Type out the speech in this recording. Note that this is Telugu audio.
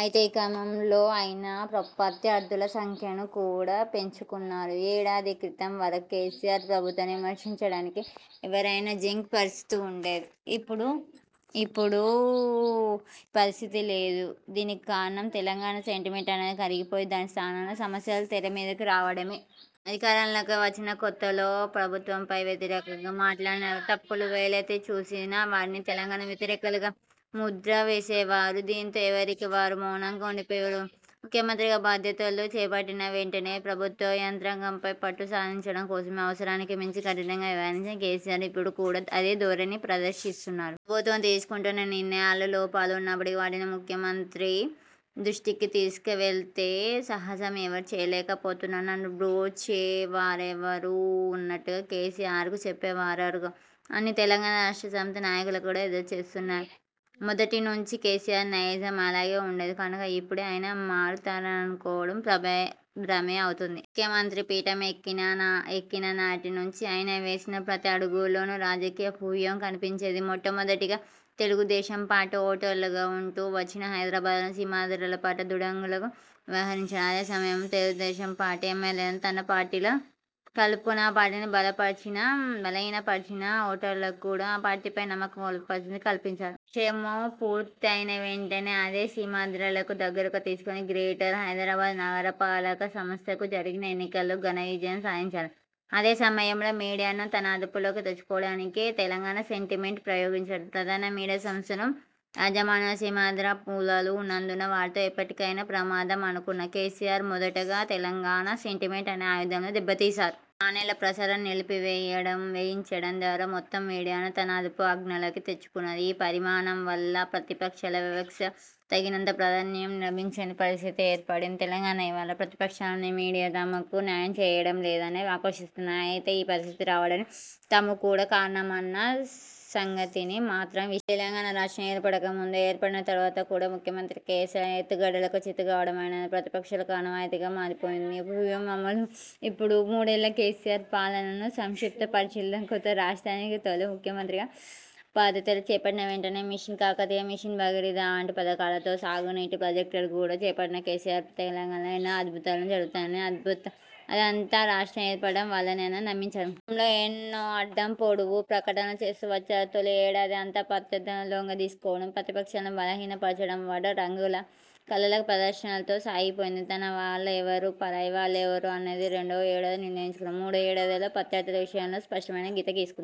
అయితే ఈ క్రమంలో ఆయన పప్రత్యర్థుల సంఖ్యను కూడా పెంచుకున్నారు. ఏడాది క్రితం వరకు కేసీఆర్ ప్రభుత్వాన్ని విమర్శించడానికి ఎవరైనా జంక్ పరిస్థితి ఉండేది. ఇప్పుడు ఇప్పుడూ పరిస్థితి లేదు. దీనికి కారణం తెలంగాణ సెంటిమెంట్ అనేది కరిగిపోయి దాని స్థానంలో సమస్యలు తెర మీదకు రావడమే! అధికారంలోకి వచ్చిన కొత్తలో ప్రభుత్వంపై వ్యతిరేకంగా మాట్లాడినా, తప్పులు వేలెత్తి చూసినా వారిని తెలంగాణ వ్యతిరేకులుగ ముద్ర వేసేవారు. దీంతో ఎవరికివారు మౌనంగా ఉండిపోయేవారు. ముఖ్యమంత్రిగా బాధ్యతలు చేపట్టిన వెంటనే ప్రభుత్వ యంత్రాంగంపై పట్టు సాధించడం కోసమై అవసరానికి మించి కఠినంగా వ్యవహరించిన కేసీఆర్, ఇప్పుడు కూడా అదే ధోరణి ప్రదర్శిస్తున్నారు. ప్రభుత్వం తీసుకుంటున్న నిర్ణయాలలో లోపాలు ఉన్నప్పటికీ వాటిని ముఖ్యమంత్రి దృష్టికి తీసుకువెళ్తె సహజం ఎవర్ చేయలేకపోతున్నారు. నను బ్రోచేవారెవరూ! అన్నట్టుగా 'కేసీఆర్కు చెప్పేవారెవరుగ' అని తెలంగాణ రాష్ట్ర సమితి నాయకులు కూడా ఎదురుచూస్తున్నారు. మొదటి నుంచీ కేసీఆర్ నైజం అలాగే ఉండేది కనుక ఇప్పుడు ఆయన మారతారనుకోవడం భ్రమే భ్రమేఅవుతుంది. ముఖ్యమంత్రి పీఠం ఎక్కిన న ఎక్కిననాటి నుంచి ఆయన వేసిన ప్రతి అడుగులోనూ రాజకీయ వ్యూయం కనిపించేది. మొట్టమొదటిగా తెలుగుదేశం పార్టీ ఓటర్లుగా ఉంటూ వచ్చిన హైదరాబాద్లోని సీమాంధ్రుల పట్ల దుడంగులుగ వ్యవహరించన. అదే సమయం తెలుగుదేశం పార్టీ ఎమ్మెల్యేలను తన పార్టీలో కలుపుకొని ఆ పార్టీని బలపరిచినా బలహీనపరచినా, ఓటర్లకు గూడ ఆ పార్టీపై నమ్మకం కోల్పోతుందని కల్పించారు. క్ష్యేము పూర్తి అయిన వెంటనే అదే సీమాంధ్రులకు దగ్గరకు తీసుకొని గ్రేటర్ హైదరాబాద్ నగర పాలక సంస్థకు జరిగిన ఎన్నికలో ఘన విజయం సాధించారు. అదే సమయంలో మీడియాను తన అదుపులోకి తెచ్చుకోవడానికే తెలంగాణ సెంటిమెంట్ ప్రయోగించారు. ప్రధాన మీడియా సంస్థను యజమాన సీమాంధ్ర మూలాలు ఉన్నందున వారితో ఎప్పటికైనా ప్రమాదం అనుకున్న కేసీఆర్, మొదటగా తెలంగాణ సెంటిమెంట్ అనే ఆయుధంగా దెబ్బ తీశారు. చానెళ్ల ప్రసారాని నిలిపివేయడం వేయించడం ద్వారా మొత్తం మీడియాను తన అదుపు ఆజ్ఞలకి తెచ్చుకున్నది. ఈ పరిమాణం వల్ల ప్రతిపక్షాల వివక్ష తగినంత ప్రాధాన్యం లభించని పరిస్థితి ఏర్పడింది. తెలంగాణ ఇవాళ ప్రతిపక్షాన్నీ మీడియా తమకు న్యాయం చేయడం లేదని ఆక్రోశిస్తున్నాయి. అయితే ఆ పరిస్థితి రావడాని తము కూడా కారణమన్న సంగతిని మాత్రం విస్మ. తెలంగాణ రాష్ట్రం ఏర్పడక ముందు, ఏర్పడిన తర్వాత కూడా ముఖ్యమంత్రి కేసీఆర్ ఎత్తుగడలకు చిత్తు కావడమనేది ప్రతిపక్షాలకు ఆనవాయితీగా మారిపోయింది. వ్యూహం అమలు! ఇప్పుడు మూడేళ్ల కేసీఆర్ పాలనను సంక్షిప్త పరిశీలను. కొత్త రాష్ర్టానికి తొలి ముఖ్యమంత్రిగా బాధ్యతలు చేపట్టిన వెంటనే మిషన్ కాకతీయ, మిషన్ భగీరథ వంటి పథకాలతో సాగునీటి ప్రాజెక్టులు కూడా చేపట్టిన కేసీఆర్ తెలంగాణ ఎన్నో అద్భుతాలు జరుగుతాయనీ, అద్భుతఅదంతా రాష్ట్రం ఏర్పడడం వల్లనేనని నమ్మించారు. ఈ క్రమంలో ఎన్నో అడ్డం-పొడవు ప్రకటనలు చేస్తూ వచ్చారు. తొలి ఏడాది అంతా ప్రత్యర్థులను లొంగదీసుకోవడం, ప్రతిపక్షాలను బలహీనపర్చడం వడట హంగుల కలల ప్రదర్శనలతో సాగిపోయింది. తనవాళ్లు ఎవరు? పరాయివాళ్లు ఎవరు? అన్నది రెండో ఏడాది నిర్ణయించుకున్నారు. మూడో ఏడాదిలో ప్రత్యర్థుల విషయంలో స్పష్టమైన గీత గీసుకున్నారు.